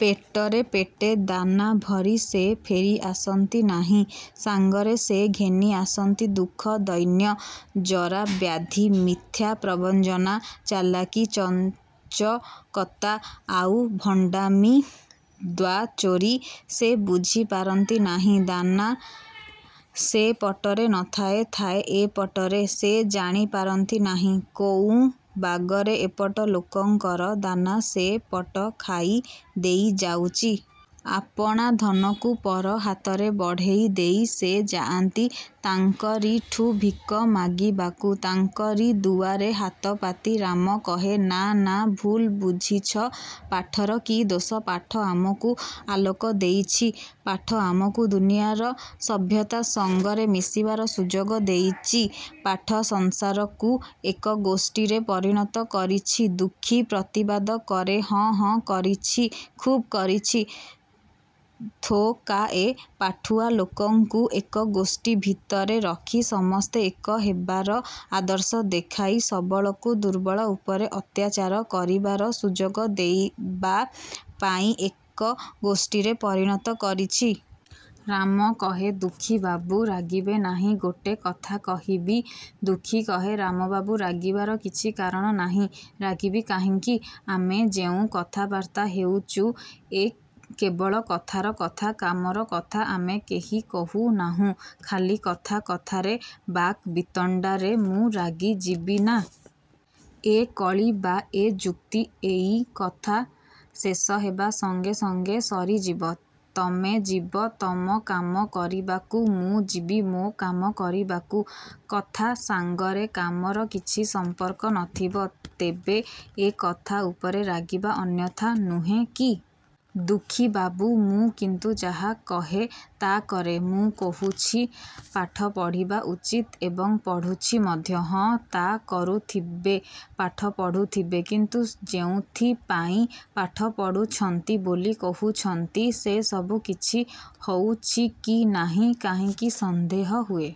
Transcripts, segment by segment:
ପେଟରେ ପେଟେ ଦାନା ଭରି ସେ ଫେରି ଆସନ୍ତି ନାହିଁ-ସାଙ୍ଗରେ ସେ ଘେନି ଆସନ୍ତି-ଦୁଃଖ ଦୈନ୍ୟ, ଜରା ବ୍ୟାଧି, ମିଥ୍ୟା ପ୍ରବଞ୍ଚନା, ଚାଲାକି ଚଞ୍ଚକତା ଆଉ ଭଣ୍ଡାମି ଦ୍ୱାଚୋରି। ସେ ବୁଝି ପାରନ୍ତି ନାହିଁ ଦାନା ସେ ପଟରେ ନଥାଏ- ଥାଏ ଏ ପଟରେ। ସେ ଜାଣି ପାରନ୍ତି ନାହିଁ, କୋଉଁ ବାଗରେ ଏ ପଟ ଲୋକଙ୍କର ଦାନା ସେ ପଟ ଖାଇ ଦେଇଯାଉଚି। ଆପଣା ଧନକୁ ପର ହାତରେ ବଢ଼େଇ ଦେଇ ସେ ଯାଆନ୍ତି ତାଙ୍କରିଠୁ ଭିକ ମାଗିବାକୁ-ତାଙ୍କରି ଦୁଆରେ ହାତ ପାତି। ରାମ କହେ-''ନା-ନା-ଭୁଲ୍ ବୁଝିଛ, ପାଠର କି ଦୋଷ? ପାଠ ଆମକୁ ଆଲୋକ ଦେଇଛି-ପାଠ ଆମକୁ ଦୁନିଆର ସଭ୍ୟତା ସଙ୍ଗରେ ମିଶିବାର ସୁଯୋଗ ଦେଇଚି-ପାଠ ସଂସାରକୁ ଏକ ଗୋଷ୍ଠୀରେ ପରିଣତ କରିଛି-'' ଦୁଃଖୀ ପ୍ରତିବାଦ କରେ-''ହଁ ହଁ କରିଛି-ଖୁବ୍ କରିଛି-ଥୋକାଏ ପାଠୁଆ ଲୋକଙ୍କୁ ଏକ ଗୋଷ୍ଠୀ ଭିତରେ ରଖି-ସମସ୍ତେ ଏକ ହେବାର ଆଦର୍ଶ ଦେଖାଇ ସବଳକୁ ଦୁର୍ବଳ ଉପରେ ଅତ୍ୟାଚାର କରିବାର ସୁଯୋଗ ଦେବାପାଇଁ ଏକ ଗୋଷ୍ଠୀରେ ପରିଣତ କରିଛି। ରାମ କହେ-ଦୁଃଖୀବାବୁ, ରାଗିବେ ନାହିଁ-ଗୋଟେ କଥା କହିବି? ଦୁଃଖୀ କହେ-ରାମବାବୁ, ରାଗିବାର କିଛି କାରଣ ନାହିଁ-ରାଗିବି କାହିଁକି? ଆମେ ଯେଉଁ କଥାବାର୍ତ୍ତା ହେଉଚୁ ଏ କେବଳ କଥାର କଥା-କାମର କଥା ଆମେ କେହି କହୁ ନାହୁଁ। ଖାଲି କଥା କଥାରେ-ବାକ୍ ବିତଣ୍ଡାରେ ମୁଁ ରାଗି ଯିବିନା? ଏ କଳି ବା ଏ ଯୁକ୍ତି ଏଇ କଥା ଶେଷ ହେବା ସଙ୍ଗେ ସଙ୍ଗେ ସରିଯିବ। ତମେ ଯିବ ତମ କାମ କରିବାକୁ-ମୁଁ ଯିବି ମୋ କାମ କରିବାକୁ। କଥା ସାଙ୍ଗରେ କାମର କିଛି ସମ୍ପର୍କ ନଥିବ। ତେବେ ଏ କଥା ଉପରେ ରାଗିବା ଅନ୍ୟଥା ନୁହେଁ କି-? ''ଦୁଃଖୀବାବୁ, ମୁଁ କିନ୍ତୁ ଯାହା କହେ, ତା' କରେ। ମୁଁ କହୁଛି, ପାଠ ପଢ଼ିବା ଉଚିତ ଏବଂ ପଢ଼ୁଛି ମଧ୍ୟ। '' ''ହଁ ତା' କରୁଥିବେ-ପାଠ ପଢ଼ୁଥିବେ-କିନ୍ତୁ ଯେଉଁଥିପାଇଁ ପାଠ ପଢ଼ୁଛନ୍ତି ବୋଲି କହୁଛନ୍ତି ସେ ସବୁ କିଛି ହଉଛିକି ନାହିଁ କାହିଁକି ସନ୍ଦେହ ହୁଏ।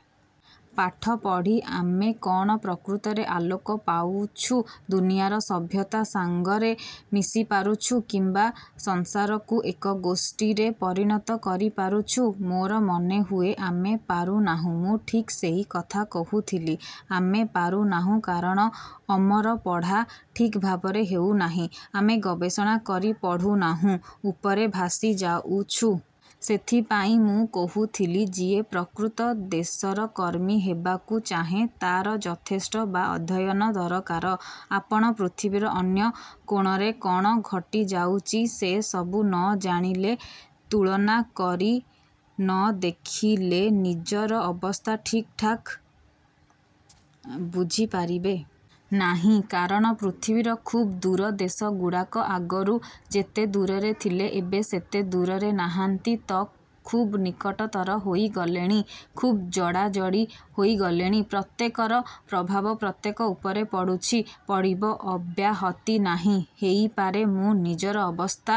ପାଠ ପଢ଼ି ଆମେ କ'ଣ ପ୍ରକୃତରେ ଆଲୋକ ପାଉଛୁ-ଦୁନିଆର ସଭ୍ୟତା ସାଙ୍ଗରେ ମିଶିପାରୁଛୁ-କିମ୍ୱା ସଂସାରକୁ ଏକ ଗୋଷ୍ଠୀରେ ପରିଣତ କରିପାରୁଛୁ? ମୋର ମନେ ହୁଏ ଆମେ ପାରୁ ନାହୁଁ। '' ''ମୁଁ ଠିକ୍ ସେଇ କଥା କହୁଥିଲି। ଆମେ ପାରୁ ନାହୁଁ କାରଣ ଅମର ପଢ଼ା ଠିକ୍ ଭାବରେ ହେଉ ନାହିଁ-ଆମେ ଗବେଷଣା କରି ପଢ଼ୁ ନାହୁଁ-ଉପରେ ଭାସି ଯାଉଛୁ। ସେଥିପାଇଁ ମୁଁ କହୁଥିଲି, ଯିଏ ପ୍ରକୃତ ଦେଶର କର୍ମୀ ହେବାକୁ ଚାହେଁ ତା'ର ଯଥେଷ୍ଟ ବା ଅଧ୍ୟୟନ ଦରକାର। ଆପଣ ପୃଥିବୀର ଅନ୍ୟ କୋଣରେ କ'ଣ ଘଟିଯାଉଚି ସେ ସବୁ ନ ଜାଣିଲେ, ତୁଳନା କରି ନ ଦେଖିଲେ ନିଜର ଅବସ୍ଥା ଠିକ୍ ଠିକ୍ ବୁଝିପାରିବେ। ନାହିଁ। କାରଣ ପୃଥିବୀର ଖୁବ୍ ଦୂର ଦେଶଗୁଡ଼ାକ ଆଗରୁ ଯେତେ ଦୂରରେ ଥିଲେ ଏବେ ସେତେ ଦୂରରେ ନାହାନ୍ତି ତ ଖୁବ୍ ନିକଟତର ହୋଇ ଗଲେଣି-ଖୁବ୍ ଜଡ଼ାଜଡ଼ି ହୋଇ ଗଲେଣି। ପ୍ରତ୍ୟେକର ପ୍ରଭାବ ପ୍ରତ୍ୟେକ ଉପରେ ପଡ଼ୁଛି-ପଡ଼ିବ-ଅବ୍ୟାହତି ନାହିଁ। '' ''ହେଇପାରେ, ମୁଁ ନିଜର ଅବସ୍ଥା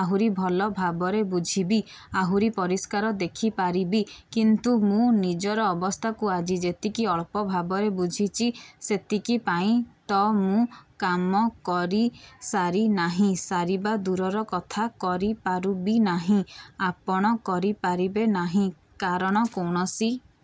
ଆହୁରି ଭଲ ଭାବରେ ବୁଝିବି-ଆହୁରି ପରିଷ୍କାର ଦେଖି ପାରିବି, କିନ୍ତୁ ମୁଁ ନିଜର ଅବସ୍ଥାକୁ ଆଜି ଯେତିକି ଅଳ୍ପ ଭାବରେ ବୁଝିଚି, ସେତିକିପାଇଁ ତ ମୁଁ କାମ କରିସାରି ନାହିଁ-ସାରିବା ଦୂରର କଥା-କରିପାରୁବି ନାହିଁ। '' ''ଆପଣ କରିପାରିବେ ନାହିଁ। କାରଣ କୌଣସି